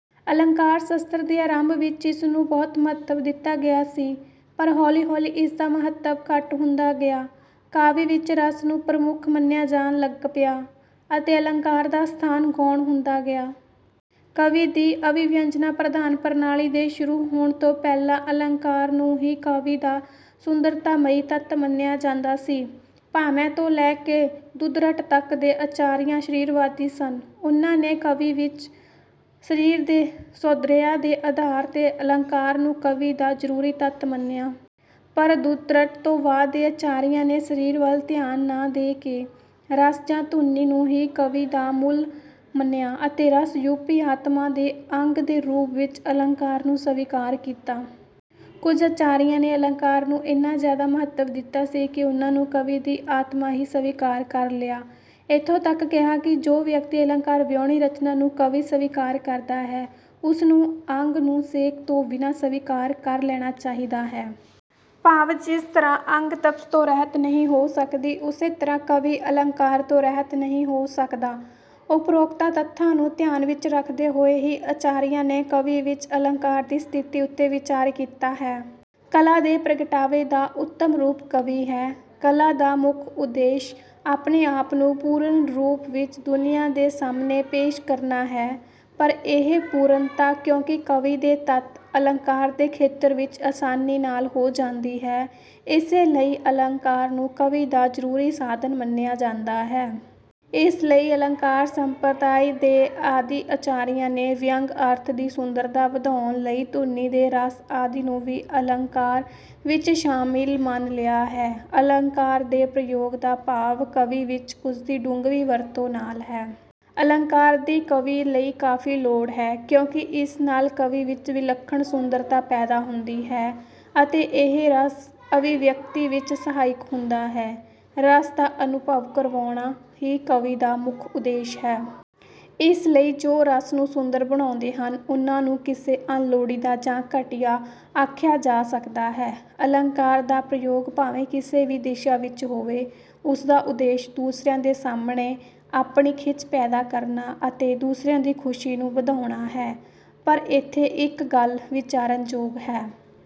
ਅਲੰਕਾਰ-ਸ਼ਾਸਤਰ ਦੇ ਆਰੰਭ ਵਿੱਚ ਇਸਨੂੰ ਬਹੁਤ ਮਹੱਤਵ ਦਿੱਤਾ ਗਿਆ ਸੀ, ਪਰ ਹੌਲੀ-ਹੌਲੀ ਇਸਦਾ ਮਹੱਤਵ ਘੱਟ ਹੁੰਦਾ ਗਿਆ। ਕਾਵਿ ਵਿੱਚ ਰਸ ਨੂੰ ਪ੍ਰਮੁੱਖ ਮੰਨਿਆ ਜਾਣ ਲੱਗ ਪਿਆ ਅਤੇ ਅਲੰਕਾਰ ਦਾ ਸਥਾਨ ਗੌਣ ਹੁੰਦਾ ਗਿਆ। ਕਾਵਿ ਦੀ ਅਭਿਵਿਅੰਜਨਾ ਪ੍ਰਧਾਨ ਪ੍ਰਣਾਲੀ ਦੇ ਸ਼ੁਰੂ ਹੋਣ ਤੋਂ ਪਹਿਲਾਂ ਅਲੰਕਾਰ ਨੂੰ ਹੀ ਕਾਵਿ ਦਾ ਸੁੰਦਰਤਾਮਈ ਤੱਤ ਮੰਨਿਆ ਜਾਂਦਾ ਸੀ। ਭਾਮਹ ਤੋਂ ਲੈ ਕੇ ਰੁਦਰਟ ਤੱਕ ਦੇ ਆਚਾਰੀਆ ਸਰੀਰਵਾਦੀ ਸਨ। ਉਹਨਾਂ ਨੇ ਕਾਵਿ ਵਿੱਚ ਸਰੀਰ ਦੇ ਸੌਂਦਰਯ ਦੇ ਆਧਾਰ 'ਤੇ ਅਲੰਕਾਰ ਨੂੰ ਕਾਵਿ ਦਾ ਜ਼ਰੂਰੀ ਤੱਤ ਮੰਨਿਆ। ਪਰ ਰੁਦਰਟ ਤੋਂ ਬਾਅਦ ਦੇ ਆਚਾਰੀਆਂ ਨੇ ਸਰੀਰ ਵੱਲ ਧਿਆਨ ਨਾ ਦੇ ਕੇ, ਰਸ ਜਾਂ ਧੁਨੀ ਨੂੰ ਹੀ ਕਾਵਿ ਦਾ ਮੂਲ ਮੰਨਿਆ ਅਤੇ ਰਸ ਰੂਪੀ ਆਤਮਾ ਦੇ ਅੰਗ ਦੇ ਰੂਪ ਵਿੱਚ ਅਲੰਕਾਰ ਨੂੰ ਸਵੀਕਾਰ ਕੀਤਾ। ਕੁਝ ਆਚਾਰੀਆਂ ਨੇ ਅਲੰਕਾਰਾਂ ਨੂੰ ਇੰਨਾ ਜ਼ਿਆਦਾ ਮਹੱਤਵ ਦਿੱਤਾ ਸੀ ਕਿ ਉਹਨਾਂ ਨੂੰ ਕਾਵਿ ਦੀ ਆਤਮਾ ਹੀ ਸਵੀਕਾਰ ਕਰ ਲਿਆ। ਇੱਥੋਂ ਤੱਕ ਕਿਹਾ ਕਿ ਜੋ ਵਿਅਕਤੀ ਅਲੰਕਾਰ ਵਿਹੂਣੀ ਰਚਨਾ ਨੂੰ 'ਕਾਵਿ' ਸਵੀਕਾਰ ਕਰਦਾ ਹੈ, ਉਸ ਨੂੰ ਅੱਗ ਨੂੰ ਸੇਕ ਤੋਂ ਬਿਨਾਂ ਸਵੀਕਾਰ ਕਰ ਲੈਣਾ ਚਾਹੀਦਾ ਹੈ। ਭਾਵ ਜਿਸ ਤਰ੍ਹਾਂ ਅੱਗ ਤਪਸ਼ ਤੋਂ ਰਹਿਤ ਨਹੀਂ ਹੋ ਸਕਦੀ, ਉਸੇ ਤਰ੍ਹਾਂ ਕਾਵਿ 'ਅਲੰਕਾਰ' ਤੋਂ ਰਹਿਤ ਨਹੀਂ ਹੋ ਸਕਦਾ। ਉਪਰੋਕਤ ਤੱਥਾਂ ਨੂੰ ਧਿਆਨ ਵਿੱਚ ਰੱਖਦੇ ਹੋਏ ਹੀ ਆਚਾਰੀਆਂ ਨੇ ਕਾਵਿ ਵਿੱਚ ਅਲੰਕਾਰ ਦੀ ਸਥਿਤੀ ਉੱਤੇ ਵਿਚਾਰ ਕੀਤਾ ਹੈ। ਕਲਾ ਦੇ ਪ੍ਰਗਟਾਵੇ ਦਾ ਉੱਤਮ ਰੂਪ 'ਕਾਵਿ' ਹੈ। ਕਲਾ ਦਾ ਪ੍ਰਮੁੱਖ ਉਦੇਸ਼ ਆਪਣੇ ਆਪ ਨੂੰ ਪੂਰਨ ਰੂਪ ਵਿੱਚ ਦੁਨੀਆਂ ਦੇ ਸਾਹਮਣੇ ਪੇਸ਼ ਕਰਨਾ ਹੈ, ਪਰ ਇਹ ਪੂਰਨਤਾ ਕਿਉਂਕਿ ਕਾਵਿ ਦੇ ਤੱਤ 'ਅਲੰਕਾਰ' ਦੇ ਖੇਤਰ ਵਿੱਚ ਆਸਾਨੀ ਨਾਲ ਹੋ ਜਾਂਦੀ ਹੈ, ਇਸੇ ਲਈ ਅਲੰਕਾਰ ਨੂੰ ਕਾਵਿ ਦਾ ਜ਼ਰੂਰੀ ਸਾਧਨ ਮੰਨਿਆ ਜਾਂਦਾ ਹੈ। ਇਸ ਲਈ ਅਲੰਕਾਰ ਸੰਪਰਦਾਇ ਦੇ ਆਦਿ ਆਚਾਰੀਆਂ ਨੇ ਵਿਅੰਗ ਅਰਥ ਦੀ ਸੁੰਦਰਤਾ ਵਧਾਉਣ ਲਈ 'ਧੁਨੀ ਤੇ ਰਸ' ਆਦਿ ਨੂੰ ਵੀ ਅਲੰਕਾਰ ਵਿੱਚ ਸ਼ਾਮਿਲ ਮੰਨ ਲਿਆ ਹੈ। ਅਲੰਕਾਰ ਦੇ ਪ੍ਰਯੋਗ ਦਾ ਭਾਵ ਕਾਵਿ ਵਿੱਚ ਉਸਦੀ ਢੁੱਕਵੀਂ ਵਰਤੋਂ ਨਾਲ ਹੈ। ਅਲੰਕਾਰ ਦੀ ਕਾਵਿ ਲਈ ਕਾਫ਼ੀ ਲੋੜ ਹੈ ਕਿਉਂਕਿ ਇਸ ਨਾਲ ਕਾਵਿ ਵਿੱਚ ਵਿਲੱਖਣ ਸੁੰਦਰਤਾ ਪੈਦਾ ਹੁੰਦੀ ਹੈ ਅਤੇ ਇਹ ਰਸ ਅਭਿਵਿਅਕਤੀ ਵਿੱਚ ਸਹਾਇਕ ਹੁੰਦਾ ਹੈ। ਰਸ ਦਾ ਅਨੁਭਵ ਕਰਵਾਉਣਾ ਹੀ ਕਾਵਿ ਦਾ ਮੁੱਖ ਉਦੇਸ਼ ਹੈ। ਇਸ ਲਈ ਜੋ ਰਸ ਨੂੰ ਸੁੰਦਰ ਬਣਾਉਂਦੇ ਹਨ, ਉਹਨਾਂ ਨੂੰ ਕਿਵੇਂ ਅਣਲੋੜੀਂਦਾ ਜਾਂ ਘਟੀਆ ਆਖਿਆ ਜਾ ਸਕਦਾ ਹੈ। ਅਲੰਕਾਰ ਦਾ ਪ੍ਰਯੋਗ ਭਾਵੇਂ ਕਿਸੇ ਵੀ ਦਿਸ਼ਾ ਵਿੱਚ ਹੋਵੇ, ਉਸਦਾ ਉਦੇਸ਼ ਦੂਸਰਿਆਂ ਦੇ ਸਾਹਮਣੇ ਆਪਣੀ ਖਿੱਚ ਪੈਦਾ ਕਰਨਾ ਅਤੇ ਦੂਸਰਿਆਂ ਦੀ ਖੁਸ਼ੀ ਨੂੰ ਵਧਾਉਣਾ ਹੈ। ਪਰ ਇੱਥੇ ਇੱਕ ਗੱਲ ਵਿਚਾਰਨ ਯੋਗ ਹੈ।